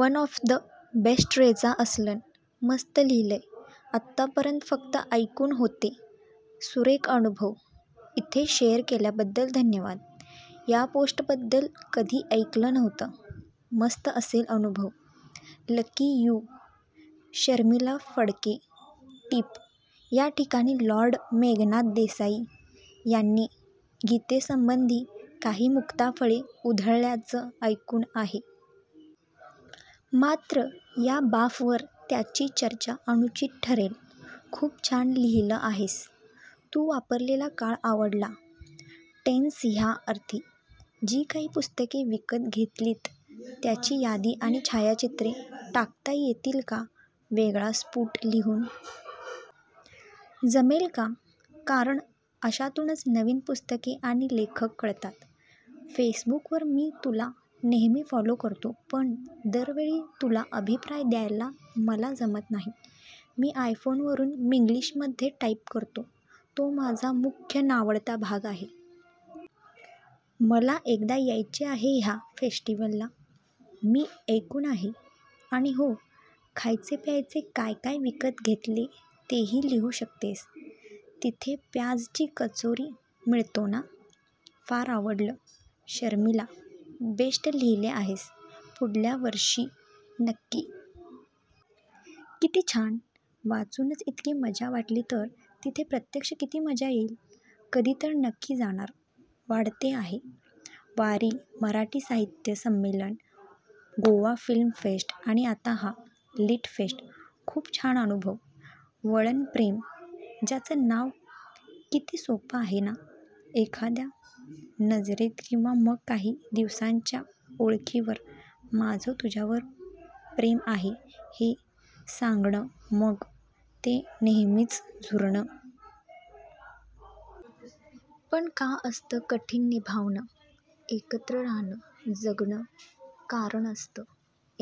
One of the best Reza Aslan. मस्त लिहिलयं! आत्ता पर्यंत फक्त ऐकून होते. सुरेख अनुभव! इथे शेअर केल्याबद्दल धन्यवाद. या फेस्टबद्दल कधी ऐकलं नव्हतं. मस्त असेल अनुभव. Lucky you! शर्मिला फडके, टीप: या ठिकाणी लॉर्ड मेघनाद देसाई यांनी गीतेसंबंधी काही मुक्ताफळे उधळल्याचं ऐकून आहे. मात्र या बाफवर त्याची चर्चा अनुचित ठरेल. खूप छान लिहिलं आहेस. तू वापरलेला काळ आवडला. टेन्स ह्या अर्थी. जी काही पुस्तके विकत घेतलीत त्याची यादी आणि छायाचित्रे टाकता येतील का वेगळा स्फुट लिहून? जमेल का? कारण, अशातूनच नवीन पुस्तके आणि लेखक कळतात. फेसबुकावर मी तुला नेहमी फॉलो करतो पण दरवेळी तुला अभिप्राय द्यायला मला जमत नाही. मी आयफोनवरुन मिन्ग्लिशमधे टाईप करतो. तो माझा मुख्य नावडता भाग आहे. मला एकदा यायचे आहे ह्या फेस्टीवलला. मी ऐकून आहे. आणि हो, खायचे प्यायचे काय काय विकत घेतले तेही लिहू शकतेस. तिथे प्याजची कचोरी मिळतो ना? फार आवडलं! शर्मिला, बेस्ट लिहिले आहेस. पुढल्या वर्षी नक्की!!! कित्ती छान! वाचूनच इतकी मज्जा वाटली तर तिथे प्रत्यक्ष किती मजा येईल! कधीतरी नक्की जाणार! वाढते आहे! वारी, मराठी साहित्य संमेलन, गोवा फिल्म फेस्ट आणि आता हा लिट फेस्ट! खुप छान अनुभव. वळण"प्रेम" ज्याचं नावकिती सोप्प आहे नाएखाद्या नजरेत किंवा मग काही दिवसांच्या ओळखीवर, माझं तुझ्यावर प्रेम आहे असं सांगणंमग ते नेहमीच झुरणं.. पण का असत कठीण निभावणं..? एकत्र राहणं.. जगणंकारण असत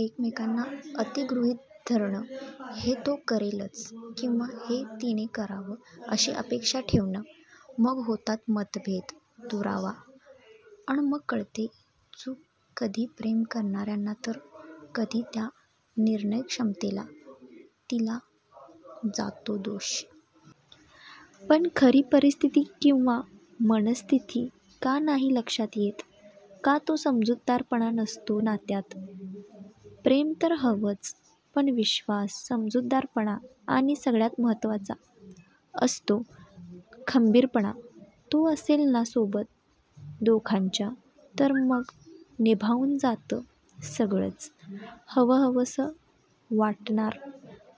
एकमेकांना "अति" गृहीत धरणंहे तो करेलच किंवा हे तिने करावं अशी अपेक्षा ठेवणं.. मग होतात मतभेददुरावा अन मग कळते चूक कधी प्रेम करणार्यांना तर कधी त्या निर्णय क्षमतेला तिला जातो दोष.. पण खरी परिस्तिथी किंवा मनःस्तिथी का नाही येत लक्षात? का तो समजूतदारपणा नसतो नात्यात..? प्रेम तर हवंच पण विश्वास, समजूतदारपणाआणि सगळ्यात महत्त्वाचा असतो खंबीरपणातो असेल ना सोबत दोघांच्या तर मग निभावून जात सगळंचहवंहवंसं वाटणार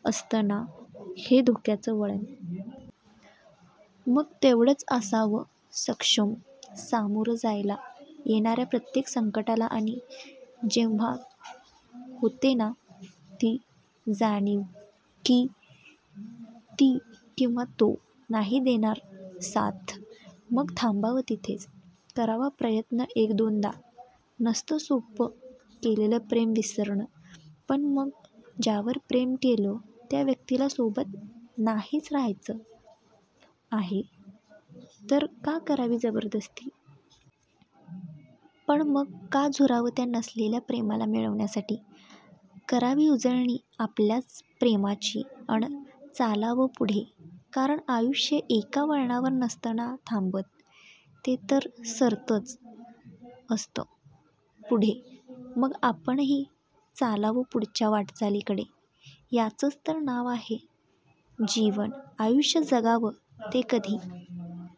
असत ना हे धोक्याचं वळण.. मग तेवढंच असावं सक्षमसामोरं जायला येणाऱ्या प्रत्येक संकटालाआणि जेव्हा होते ना ती जाणीवकी ती किंवा तो नाही देणार साथमग थांबावं तिथेच.. करावा प्रयत्न एक-दोनदानसत सोप्प केलेलं प्रेम विसरणंपण मग ज्यावर प्रेम केलं त्या व्यक्तीला सोबत नाहीच राहायचं आहे तर का करावी जबरदस्ती? पण मग का झुरावं त्या नसलेल्या प्रेमाला मिळवण्यासाठी? करावी उजळणी आपल्याच प्रेमाचीअन चालावं पुढेकारण आयुष्य एका वळणावर नसत ना थांबत.. ते तर सरतंच असत पुढेमग आपणही चालावंपुढच्या वाटचालीकडेयाचंच तर नाव आहे जीवनआयुष्यजगावं तेकधी